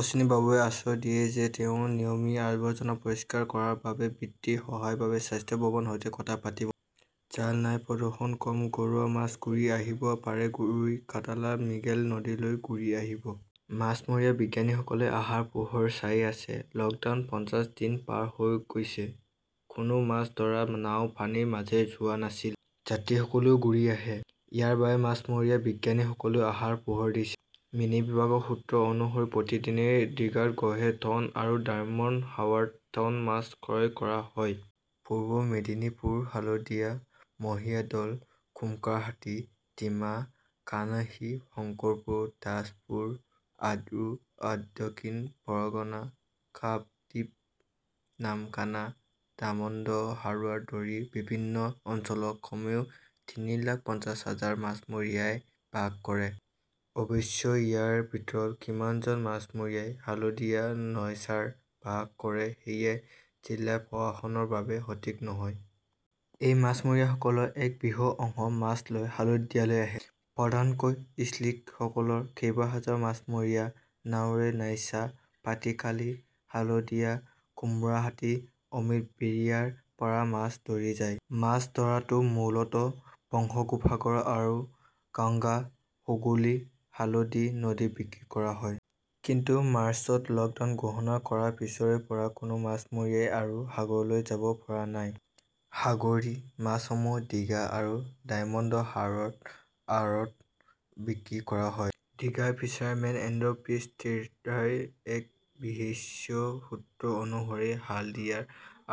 অশ্বিনী বাবুৱে আশ্বাস দিয়ে যে তেওঁ নিয়মীয়া আৱৰ্জনা পৰিষ্কাৰ কৰাৰ বাবে বিত্তীয় সহায়ৰ বাবে স্বাস্থ্য ভৱনৰ সৈতে কথা পাতিব। জাল নাই, প্ৰদূষণ কম, ঘৰুৱা মাছ ঘূৰি আহিব পাৰে ৰুই, কাটলা, মিৰ্গেল নদীলৈ ঘূৰি আহিব। মাছমৰীয়া বিজ্ঞানীসকলে আশাৰ পোহৰ চাই আছে। লকডাউনৰ পঞ্চাশ দিন পাৰ হৈ গৈছে। কোনো মাছ ধৰা নাও পানীৰ মাজেৰে যোৱা নাছিল। যাত্ৰীসকলেও ঘূৰি আহে। ইয়াৰ বাবেই মাছমৰীয়া বিজ্ঞানীসকলে আশাৰ পোহৰ দেখিছে। মীন বিভাগৰ সূত্ৰ অনুসৰি প্ৰতিদিনে ডিঘাত গড়ে টন আৰু ডায়মণ্ড হাৰ্বাৰত টন মাছ ক্ৰয় কৰা হয়। পূৱ মেদিনীপুৰৰ হালদিয়া, মহিষাদল, কুঙ্কাৰাহাটি, ডিঘা, কান্থী, শংকৰপুৰ, তাজপুৰ আৰু দক্ষিণ পৰগনাৰ কাকদ্বীপ, নামখানা, ডায়মণ্ড হাৰ্বাৰকে ধৰি বিভিন্ন অঞ্চলত কমেও তিনি লাখ পঞ্চাশ হাজাৰ মাছমৰীয়াই বাস কৰে। অৱশ্যে, ইয়াৰ ভিতৰত কিমানজন মাছমৰীয়াই হালদিয়াৰ নয়চাৰত বাস কৰে সেয়া জিলা প্ৰশাসনৰ বাবে সঠিক নহয়। এই মাছমৰীয়াসকলৰ এক বৃহৎ অংশ মাছ লৈ হাল্ডিয়ালৈ আহে। প্ৰধানকৈ ইলিছৰ বতৰত কেইবাহাজাৰ মাছমৰীয়া নাওয়ে নায়াচাৰ, পাটিখালী, হালদিয়া, কুঙ্কৰাহাটি, অমৃতবেৰিয়াৰ পৰা মাছ ধৰিবলৈ যায়। মাছ ধৰাটো মূলতঃ বংগোপসাগৰ আৰু গংগা-হুগলী-হালদী নদীত বিক্ৰী কৰা হয়। কিন্তু মাৰ্চত লকডাউন ঘোষণা কৰাৰ পিছৰে পৰা কোনো মাছমৰীয়াই আৰু সাগৰলৈ যাব পৰা নাই। সাগৰীয় মাছসমূহ ডিঘা আৰু ডায়মণ্ড হাৰ্বাৰৰ আঁৰত বিক্ৰী কৰা হয়। Digha fishermen and fish traders এছ চিয়েশ্যনৰ সূত্ৰ অনুসৰি, হালদিয়াৰ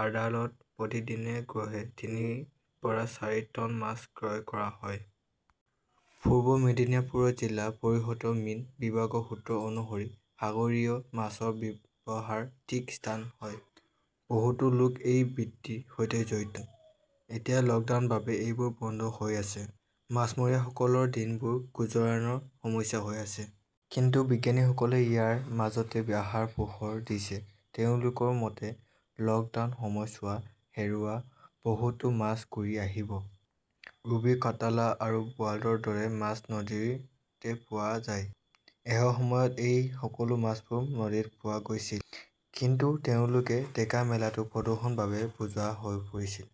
আড়ালত প্ৰতিদিনে গড়ে তিনিৰ পৰা চাৰি টন মাছ ক্ৰয় কৰা হয়। পূব মেদিনীপুৰত জিলা পৰিষদৰ মীন বিভাগৰ সূত্ৰ অনুসৰি, সাগৰীয় মাছৰ ব্যৱসায় টি স্থানত হয়। বহুতো লোক এই বৃত্তিৰ সৈতে জড়িত। এতিয়া লকডাউনৰ বাবে এইবোৰ বন্ধ হৈ আছে। মাছমৰীয়াসকলৰ দিনবোৰ গুজৰাণৰ সমস্যা হৈ আহিছে। কিন্তু বিজ্ঞানীসকলে ইয়াৰ মাজতে আশাৰ পোহৰ দেখিছে। তেওঁলোকৰ মতে, লকডাউনৰ সময়ছোৱাত হেৰুওৱা বহুতো মাছ ঘূৰি আহিব। ৰুৱী, কাটলা, আৰু বোৱালৰ দৰে মাছ নদীতে পোৱা যায়। এসময়ত এই সকলোবোৰ মাছ নদীত পোৱা গৈছিল। কিন্তু তেওঁলোকে দেখা মেলাটো প্ৰদূষণৰ বাবেই বোজা হৈ পৰিছিল।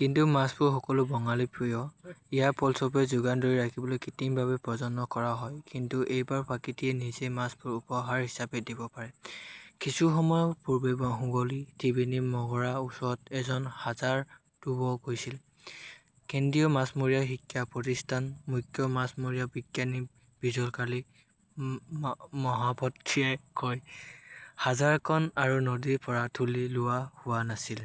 কিন্তু মাছবোৰ সকলো বাঙালীৰ প্ৰিয়। ইয়াৰ ফলস্বৰূপে যোগান ধৰি ৰাখিবলৈ কৃত্ৰিমভাৱে প্ৰজনন কৰা হয়। কিন্তু এইবাৰ প্ৰকৃতিয়ে নিজেই মাছবোৰ উপহাৰ হিচাপে দিব পাৰে। কিছু সময়ৰ পূৰ্বে হুগলীৰ ত্ৰিবেণী মগৰাৰ ওচৰত এখন জাহাজ ডুব গৈছিল, কেন্দ্ৰীয় মাছমৰীয়া শিক্ষা প্ৰতিষ্ঠানৰ মুখ্য মাছমৰীয়া বিজ্ঞানী বিজয়কালী মহাপত্ৰই কয়। জাহাজখন আৰু নদীৰ পৰা তুলি লোৱা হোৱা নাছিল।